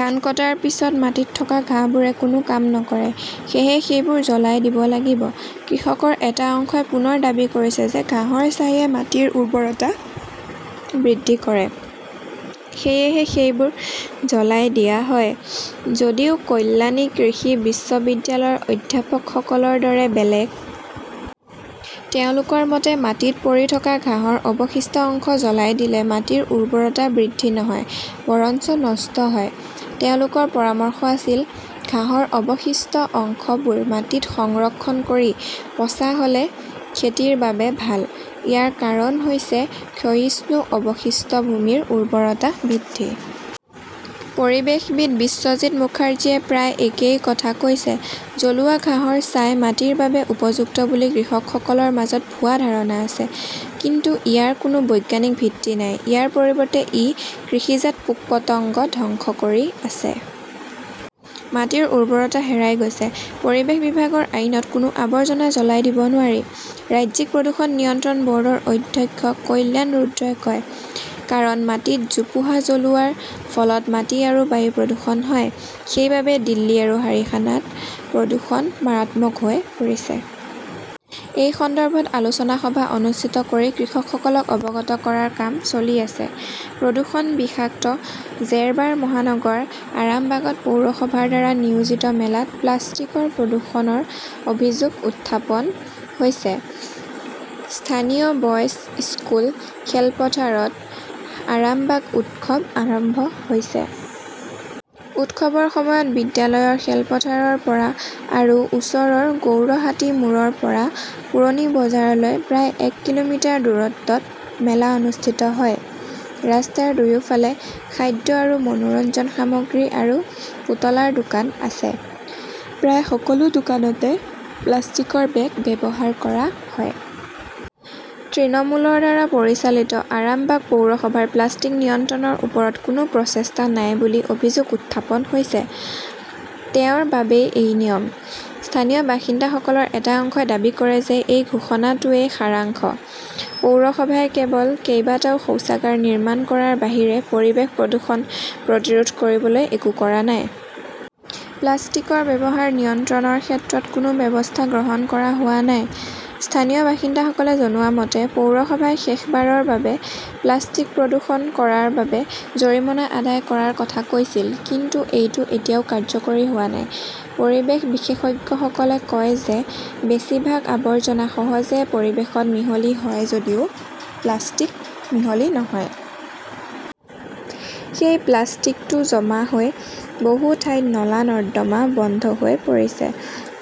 ধান কটাৰ পিছত মাটিত থকা ঘাঁহবোৰে কোনো কাম নকৰে। সেয়েহে সেইবোৰ জ্বলাই দিব লাগিব। কৃষকৰ এটা অংশই পুনৰ দাবী কৰিছে যে ঘাঁহৰ ছাইয়ে মাটিৰ উৰ্বৰতা বৃদ্ধি কৰে। সেয়েহে সেইবোৰ জ্বলাই দিয়া হয়। যদিও কল্যাণী কৃষি বিশ্ববিদ্যালয়ৰ অধ্যাপকসকলৰ দৰে বেলেগ। তেওঁলোকৰ মতে, মাটিত পৰি থকা ঘাঁহৰ অৱশিষ্ট অংশ জ্বলাই দিলে মাটিৰ উৰ্বৰতা বৃদ্ধি নহয়, বৰঞ্চ নষ্ট হয়। তেওঁলোকৰ পৰামৰ্শ আছিল, ঘাঁহৰ অৱশিষ্ট অংশবোৰ মাটিত সংৰক্ষণ কৰি পচা হ'লে খেতিৰ বাবে ভাল। ইয়াৰ কাৰণ হৈছে ক্ষয়িষ্ণু অৱশিষ্ট ভূমিৰ উৰ্বৰতা বৃদ্ধি। 'পৰিৱেশবিদ বিশ্বজিত মুখাৰ্জীয়ে প্ৰায় একেই কথা কৈছে। 'জ্বলোৱা ঘাঁহৰ ছাই মাটিৰ বাবে উপযুক্ত বুলি কৃষকসকলৰ মাজত ভুল ধাৰণা আছে। কিন্তু ইয়াৰ কোনো বৈজ্ঞানিক ভিত্তি নাই। ইয়াৰ পৰিৱৰ্তে, ই কৃষিজাত পোক-পতংগ ধ্বংস কৰি আছে। মাটিৰ উৰ্বৰতা হেৰাই গৈছে। 'পৰিৱেশ বিভাগৰ আইনত কোনো আৱৰ্জনা জ্বলাই দিব নোৱাৰি', ৰাজ্যিক প্ৰদূষণ নিয়ন্ত্ৰণ ব'ৰ্ডৰ অধ্যক্ষ কল্যাণ ৰুদ্ৰই কয়। কাৰণ মাটিত জোপোহা জ্বলোৱাৰ ফলত মাটি আৰু বায়ু প্ৰদূষণ হয়। সেইবাবেই দিল্লী আৰু হাৰিয়ানাত প্ৰদূষণ মাৰাত্মক হৈ পৰিছে। এই সন্দৰ্ভত আলোচনা সভা অনুষ্ঠিত কৰি কৃষকসকলক অৱগত কৰাৰ কাম চলি আছে। প্ৰদূষণ-বিষাক্ত জেৰবাৰ মহানগৰ আৰামবাগত পৌৰসভাৰ দ্বাৰা আয়োজিত মেলাত প্লাষ্টিকৰ প্ৰদূষণৰ অভিযোগ উত্থাপন হৈছে। স্থানীয় বয়ছ স্কুল খেলপথাৰত আৰামবাগ উৎসৱ আৰম্ভ হৈছে। উৎসৱৰ সময়ত বিদ্যালয়ৰ খেলপথাৰৰ পৰা আৰু ওচৰৰ গৌৰহাটি মোড়ৰ পৰা পুৰণি বজাৰলৈ প্ৰায় এক কিলোমিটাৰ দূৰত্বত মেলা অনুষ্ঠিত হয়। ৰাস্তাৰ দুয়োফালে খাদ্য আৰু মনোৰঞ্জন সামগ্ৰী আৰু পুতলাৰ দোকান আছে। প্ৰায় সকলো দোকানতে প্লাষ্টিকৰ বেগ ব্যৱহাৰ কৰা হয়। তৃণমূলৰ দ্বাৰা পৰিচালিত আৰামবাগ পৌৰসভাৰ প্লাষ্টিক নিয়ন্ত্ৰণৰ ওপৰত কোনো প্ৰচেষ্টা নাই বুলি অভিযোগ উত্থাপন হৈছে। তেওঁৰ বাবেই এই নিয়ম। স্থানীয় বাসিন্দাসকলৰ এটা অংশই দাবী কৰে যে এই ঘোষণাটোৱেই সাৰাংশ। পৌৰসভাই কেৱল কেইটামান শৌচাগাৰ নিৰ্মাণ কৰাৰ বাহিৰে পৰিৱেশ প্ৰদূষণ প্ৰতিৰোধ কৰিবলৈ একো কৰা নাই। প্লাষ্টিকৰ ব্যৱহাৰ নিয়ন্ত্ৰণৰ ক্ষেত্ৰতো কোনো ব্যৱস্থা গ্ৰহণ কৰা হোৱা নাই। স্থানীয় বাসিন্দাসকলে জনোৱা মতে, পৌৰসভাই শেষবাৰৰ বাবে প্লাষ্টিক প্ৰদূষণ কৰাৰ বাবে জৰিমনা আদায় কৰাৰ কথা কৈছিল। কিন্তু এইটো এতিয়াও কাৰ্যকৰী হোৱা নাই। পৰিৱেশ বিশেষজ্ঞসকলে কয় যে বেছিভাগ আৱৰ্জনা সহজে পৰিৱেশত মিহলি হয় যদিও প্লাষ্টিক মিহলি নহয়। সেই প্লাষ্টিকটো জমা হৈ বহু ঠাইত নলা-নৰ্দমা বন্ধ হৈ পৰিছে।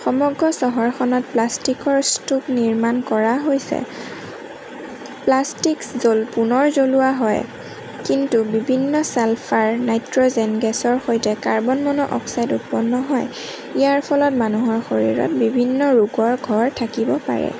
সমগ্ৰ চহৰখনত প্লাষ্টিকৰ স্তূপ নিৰ্মাণ কৰা হৈছে। প্লাষ্টিক্স পুনৰ জ্বলোৱা হয়, কিন্তু বিভিন্ন ছালফাৰ, নাইট্ৰ'জেন গেছৰ সৈতে কাৰ্বন মন অক্সাইড উৎপন্ন হয়। ইয়াৰ ফলত মানুহৰ শৰীৰত বিভিন্ন ৰোগৰ ঘৰ থাকিব পাৰে।